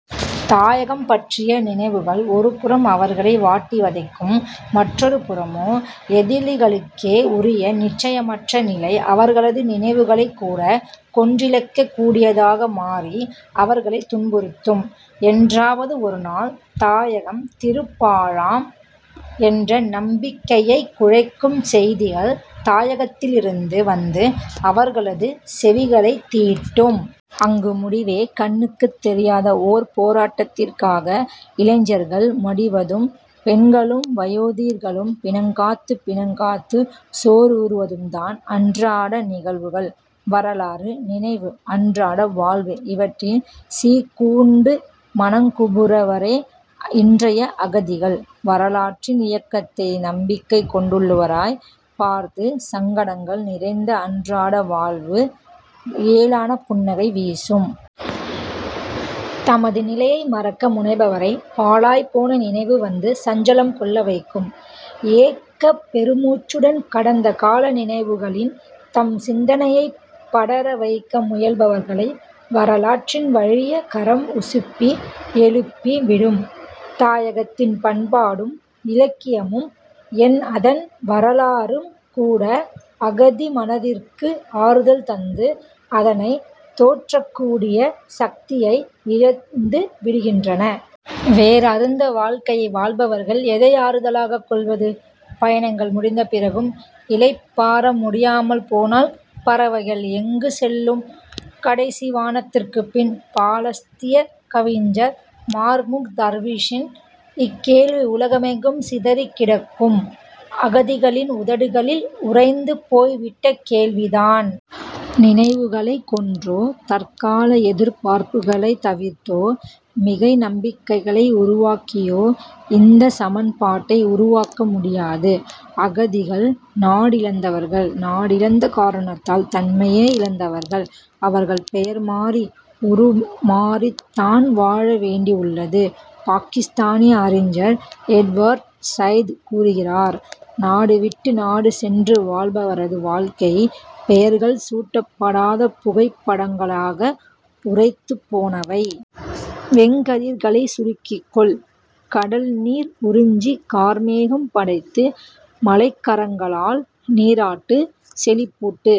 தாயகம் பற்றிய நினைவுகள் ஒருபுறம் அவர்களை வாட்டி வதைக்கும். மற்றோர் புறமோ எதிலிகளுக்கே உரிய நிச்சயமற்ற நிலை அவர்களது நினைவுகளையும் கூட கொன்றழிக்கக் கூடியதாக மாறி அவர்களைத் துன்புறுத்தும். என்றாவது ஒருநாள் தாயகம் திரும்பலாம் என்ற நம்பிக்கையைக் குலைக்கும் செய்திகள் தாயகத்திலிருந்து வந்து, அவர்களது செவிகளைத் தீண்டும். அங்கு முடிவே கண்ணுக்குத் தொயாத ஒரு போராட்டத்திற்காக இளைஞர்கள் மடிவதும் பெண்களும் வயோதிகர்களும் பிணங்காத்துப் பிணங்காத்துச் சோர்வுறுவதும்தான் அன்றாட நிகழ்வுகள். வரலாறு, நினைவு, அன்றாட வாழ்வு இவற்றில் சிக்குண்டு மனங்குமுறுபவரே இன்றைய அகதிகள். வரலாற்றின் இயக்கத்தில் நம்பிக்கை கொண்டுள்ளவரைப் பார்த்து சங்கடங்கள் நிறைந்த அன்றாட வாழ்வு ஏளானப் புன்னகை வீசும். தமது நிலையை மறக்க முனைபவரைப் பாழாய்ப் போன நினைவு வந்து சஞ்சலம் கொள்ள வைக்கும். ஏக்கப் பெருமூச்சுடன் கடந்தகால நினைவுகளில் தம் சிந்தனையைப் படர வைக்க முயல்பவர்களை வரலாற்றின் வலிய கரம் உசுப்பி எழுப்பி விடும். தாயகத்தின் பண்பாடும் இலக்கியமும், ஏன் அதன் வரலாறும் கூட, அகதி மனத்திற்கு ஆறுதல் தந்து அதனைத் தேற்றக்கூடிய சக்தியை இழந்து விடுகின்றன. வேரறுந்த வாழ்க்கையை வாழ்பவர்கள் எதை ஆறுதலாகக் கொள்வது? பயணங்கள் முடிந்த பிறகும் இளைப்பாற முடியாமல் போனால்? "பறவைகள் எங்கு செல்லும், கடைசி வானத்திற்குப் பின்? " பாலஸ்தீனியக் கவிஞர் மஹ்மூக் தார்வீஷின் இக்கேள்வி உலகமெங்கும் சிதறிக் கிடக்கும் அகதிகளின் உதடுகளில் உறைந்து போய் விட்ட கேள்விதான். நினைவுகளைக் கொன்றோ, தற்கால எதிர்பார்ப்புகளைத் தவிர்த்தோ, மிகை நம்பிக்கைகளை உருவாக்கியோ இந்தச் சமன்பாட்டை உருவாக்க முடியாது. அகதிகள் நாடிழந்தவர்கள்; நாடிழந்த காரணத்தால் தம்மையே இழந்தவர்கள். அவர்கள் பெயர் மாறி, உருமாறித்தான் வாழ வேண்டியுள்ளது. பாக்கிஸ்தானிய அறிஞர் எட்வர்ட் சய்து கூறுகிறார்: நாடு விட்டு நாடு சென்று வாழ்பவரது வாழ்க்கை, பெயர்கள் சூட்டப்படாத புகைப்படங்களாக உறைத்து போனவை. வெங்கதிர்களை சுருக்கிக் கொள்! கடல் நீர் உறிஞ்சி கார்மேகம் படைத்து மழைக்கரங்களால் நீராட்டு, செழிப்பூட்டு,